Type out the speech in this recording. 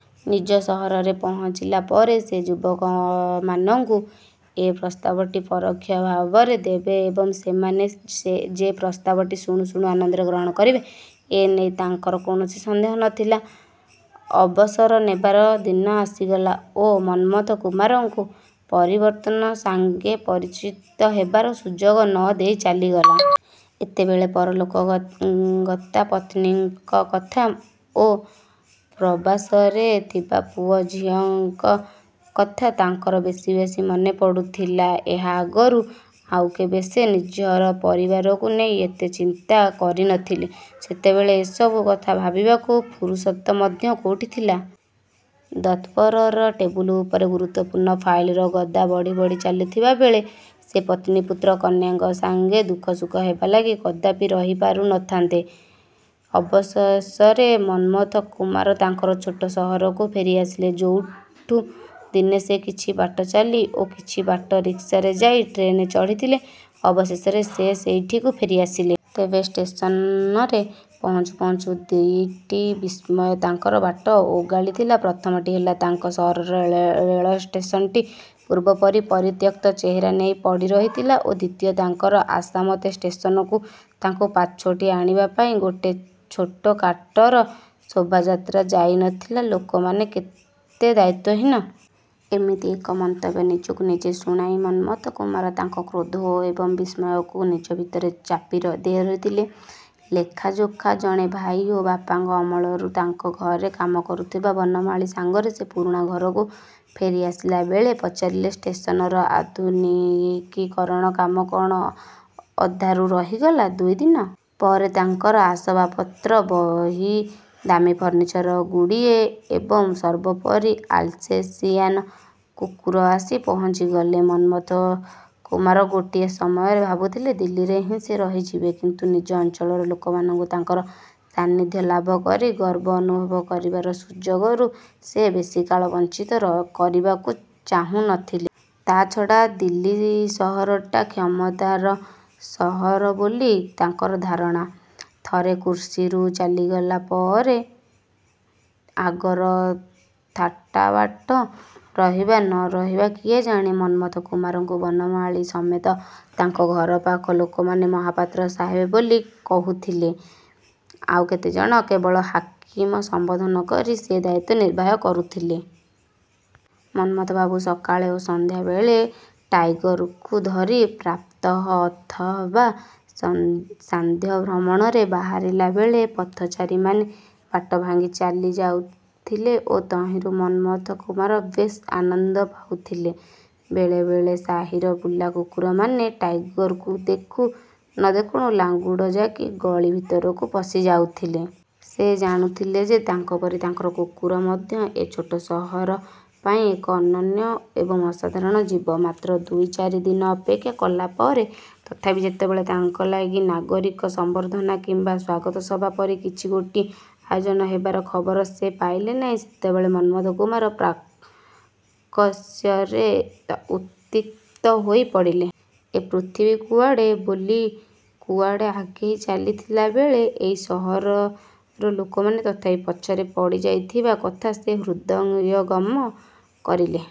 ନିଜ ସହରରେ ପହଞ୍ଚିଲା ପରେ ସେ ଯୁବକମାନଙ୍କୁ ଏ ପ୍ରସ୍ତାବଟି ପରୋକ୍ଷ ଭାବରେ ଦେବେ ଏବଂ ସେମାନେ ଯେ ପ୍ରସ୍ତାବଟି ଶୁଣୁ ଶୁଣୁ ଆନନ୍ଦରେ ଗ୍ରହଣ କରିବେ ଏ ନେଇ ତାଙ୍କର କୌଣସି ସନ୍ଦେହ ନଥିଲା। ଅବସର ନେବାର ଦିନ ଆସିଗଲା ଓ ମନ୍ମଥ କୁମାରଙ୍କୁ ପରିବର୍ତ୍ତନ ସାଙ୍ଗେ ପରିଚିତ ହେବାର ସୁଯୋଗ ନ ଦେଇ ଚାଲିଗଲା। ଏତେବେଳେ ପରଲୋକଗତା ପତ୍ନୀଙ୍କ କଥା ଓ ପ୍ରବାସରେ ଥିବା ପୁଅ ଝିଅଙ୍କ କଥା ତାଙ୍କର ବେଶି ବେଶି ମନେ ପଡ଼ୁଥିଲା। ଏହା ଆଗରୁ ଆଉ କେବେ ସେ ନିଜର ପରିବାରକୁ ନେଇ ଏତେ ଚିନ୍ତା କରି ନଥିଲେ। ସେତେବେଳେ ଏସବୁ କଥା ଭାବିବାକୁ ଫୁରୁସତ ମଧ୍ୟ କୋଉଠି ଥିଲା? ଦପ୍ତରର ଟେବୁଲ ଉପରେ ଗୁରୁତ୍ୱପୂର୍ଣ୍ଣ ଫାଇଲର ଗଦା ବଢ଼ି ବଢ଼ି ଚାଲିଥିବାବେଳେ ସେ ପତ୍ନୀ-ପୁତ୍ର-କନ୍ୟାଙ୍କ ସାଙ୍ଗେ ଦୁଃଖସୁଖ ହେବା ଲାଗି କଦାପି ରହି ପାରୁ ନଥାନ୍ତେ। ଅବଶେଷରେ ମନ୍ମଥ କୁମାର ତାଙ୍କର ଛୋଟ ସହରକୁ ଫେରି ଆସିଲେ। ଯୋଉଠୁ ଦିନେ ସେ କିଛି ବାଟ ଚାଲି ଓ କିଛି ବାଟ ରିକ୍ସାରେ ଯାଇ ଟ୍ରେନ ଚଢ଼ିଥିଲେ ଅବଶେଷରେ ସେ ସେଇଠିକୁ ଫେରିଆସିଲେ। ତେବେ ଷ୍ଟେସନରେ ପହଞ୍ଚୁ ପହଞ୍ଚୁ ଦିଇଟି ବିସ୍ମୟ ତାଙ୍କର ବାଟ ଓଗାଳିଥିଲା। ପ୍ରଥମଟି ହେଲା, ତାଙ୍କ ସହରର ରେଳଷ୍ଟେସନଟି ପୂର୍ବପରି ପରିତ୍ୟକ୍ତ ଚେହେରା ନେଇ ପଡ଼ିରହିଥିଲା ଓ ଦ୍ୱିତୀୟ, ତାଙ୍କର ଆଶାମତେ ଷ୍ଟେସନକୁ ତାଙ୍କୁ ପାଛୋଟି ଆଣିବା ପାଇଁ ଗୋଟେ ଛୋଟକାଟର ଶୋଭାଯାତ୍ରା ଯାଇନଥିଲା! ଲୋକମାନେ କେତେ ଦାୟିତ୍ୱହୀନ! ଏମିତି ଏକ ମନ୍ତବ୍ୟ ନିଜକୁ ନିଜେ ଶୁଣାଇ ମନ୍ମଥ କୁମାର ତାଙ୍କ କ୍ରୋଧ ଏବଂ ବିସ୍ମୟକୁ ନିଜ ଭିତରେ ଚାପି ଧରିଥିଲେ। ଲେଖାଯୋଖା ଜଣେ ଭାଇ ଓ ବାପାଙ୍କ ଅମଳରୁ ତାଙ୍କ ଘରେ କାମ କରୁଥିବା ବନମାଳୀ ସାଙ୍ଗରେ ସେ ପୁରୁଣା ଘରକୁ ଫେରି ଆସିଲାବେଳେ ପଚାରିଲେ, "ଷ୍ଟେସନର ଆଧୁନିକୀକରଣ କାମ କଣ ଅଧାରୁ ରହିଗଲା?"ଦୁଇଦିନ ପରେ ତାଙ୍କର ଆସବାବପତ୍ର, ବହି, ଦାମୀ ଫର୍ଣ୍ଣିଚର ଗୁଡ଼ିଏ ଏବଂ ସର୍ବୋପରି ଆଲସେସିଆନ କୁକୁର ଆସି ପହଞ୍ଚିଗଲେ। ମନ୍ମଥ କୁମାର ଗୋଟେ ସମୟରେ ଭାବିଥିଲେ, ଦିଲ୍ଲୀରେ ହିଁ ସେ ରହିଯିବେ। କିନ୍ତୁ ନିଜ ଅଞ୍ଚଳର ଲୋକମାନଙ୍କୁ ତାଙ୍କର ସାନ୍ନିଧ୍ୟ ଲାଭ କରି ଗର୍ବ ଅନୁଭବ କରିବାର ସୁଯୋଗରୁ ସେ ବେଶିକାଳ ବଞ୍ଚିତ କରିବାକୁ ଚାହୁଁ ନଥିଲେ। ତା'ଛଡ଼ା ଦିଲ୍ଲୀ ସହରଟା କ୍ଷମତାର ସହର ବୋଲି ତାଙ୍କର ଧାରଣା। ଥରେ କୁର୍ସୀରୁ ଚାଲିଗଲା ପରେ ଆଗର ଥାଟବାଟ ରହିବ ନ ରହିବ କିଏ ଜାଣେ! ମନ୍ମଥ କୁମାରଙ୍କୁ ବନମାଳୀ ସମେତ ତାଙ୍କ ଘରପାଖ ଲୋକମାନେ ମହାପାତ୍ର ସାହେବ ବୋଲି କହୁଥିଲେ। ଆଉ କେତେଜଣ କେବଳ 'ହାକିମ' ସମ୍ବୋଧନ କରି ସେ ଦାୟିତ୍ୱ ନିର୍ବାହ କରୁଥିଲେ। ମନ୍ମଥବାବୁ ସକାଳେ ଓ ସନ୍ଧ୍ୟାବେଳେ ଟାଇଗରକୁ ଧରି ପ୍ରାତଃ ଅଥବା ସାନ୍ଧ୍ୟ ଭ୍ରମଣରେ ବାହାରିଲା ବେଳେ ପଥଚାରୀମାନେ ବାଟ ଭାଙ୍ଗି ଚାଲି ଯାଉଥିଲେ ଓ ତହିଁରୁ ମନ୍ମଥ କୁମାର ବେଶ୍ ଆନନ୍ଦ ପାଉଥିଲେ। ବେଳେବେଳେ ସାହିର ବୁଲାକୁକୁରମାନେ ଟାଇଗରକୁ ଦେଖୁ ନ ଦେଖୁଣୁ ଲାଙ୍ଗୁଡ଼ ଜାକି ଗଳି ଭିତରକୁ ପଶିଯାଉଥିଲେ। ସେ ଜାଣୁଥିଲେ ଯେ ତାଙ୍କ ପରି ତାଙ୍କର କୁକୁର ମଧ୍ୟ ଏ ଛୋଟ ସହର ପାଇଁ ଏକ ଅନନ୍ୟ ଏବଂ ଅସାଧାରଣ ଜୀବ! ମାତ୍ର ଦୁଇ ଚାରିଦିନ ଅପେକ୍ଷା କଲାପରେ ତଥାପି ଯେତେବେଳେ ତାଙ୍କ ଲାଗି ନାଗରିକ ସମ୍ବର୍ଦ୍ଧନା କିମ୍ବା ସ୍ୱାଗତ ସଭା ପରି କିଛି ଗୋଟାଏ ଆୟୋଜନ ହେବାର ଖବର ସେ ପାଇଲେ ନାହିଁ, ସେତେବେଳେ ମନ୍ମଥ କୁମାର ପ୍ରାକାଶ୍ୟରେ ଉତ୍କ୍ଷିପ୍ତ ହୋଇପଡ଼ିଲେ। ଏ ପୃଥିବୀ କୁଆଡ଼େ ବୋଲି କୁଆଡ଼େ ଆଗେଇ ଚାଲିଥିଲାବେଳେ ଏଇ ସହରର ଲୋକମାନେ ତଥାପି ପଛରେ ପଡ଼ିଯାଇଥିବା କଥା ସେ ହୃଦୟଙ୍ଗମ କରିଲେ।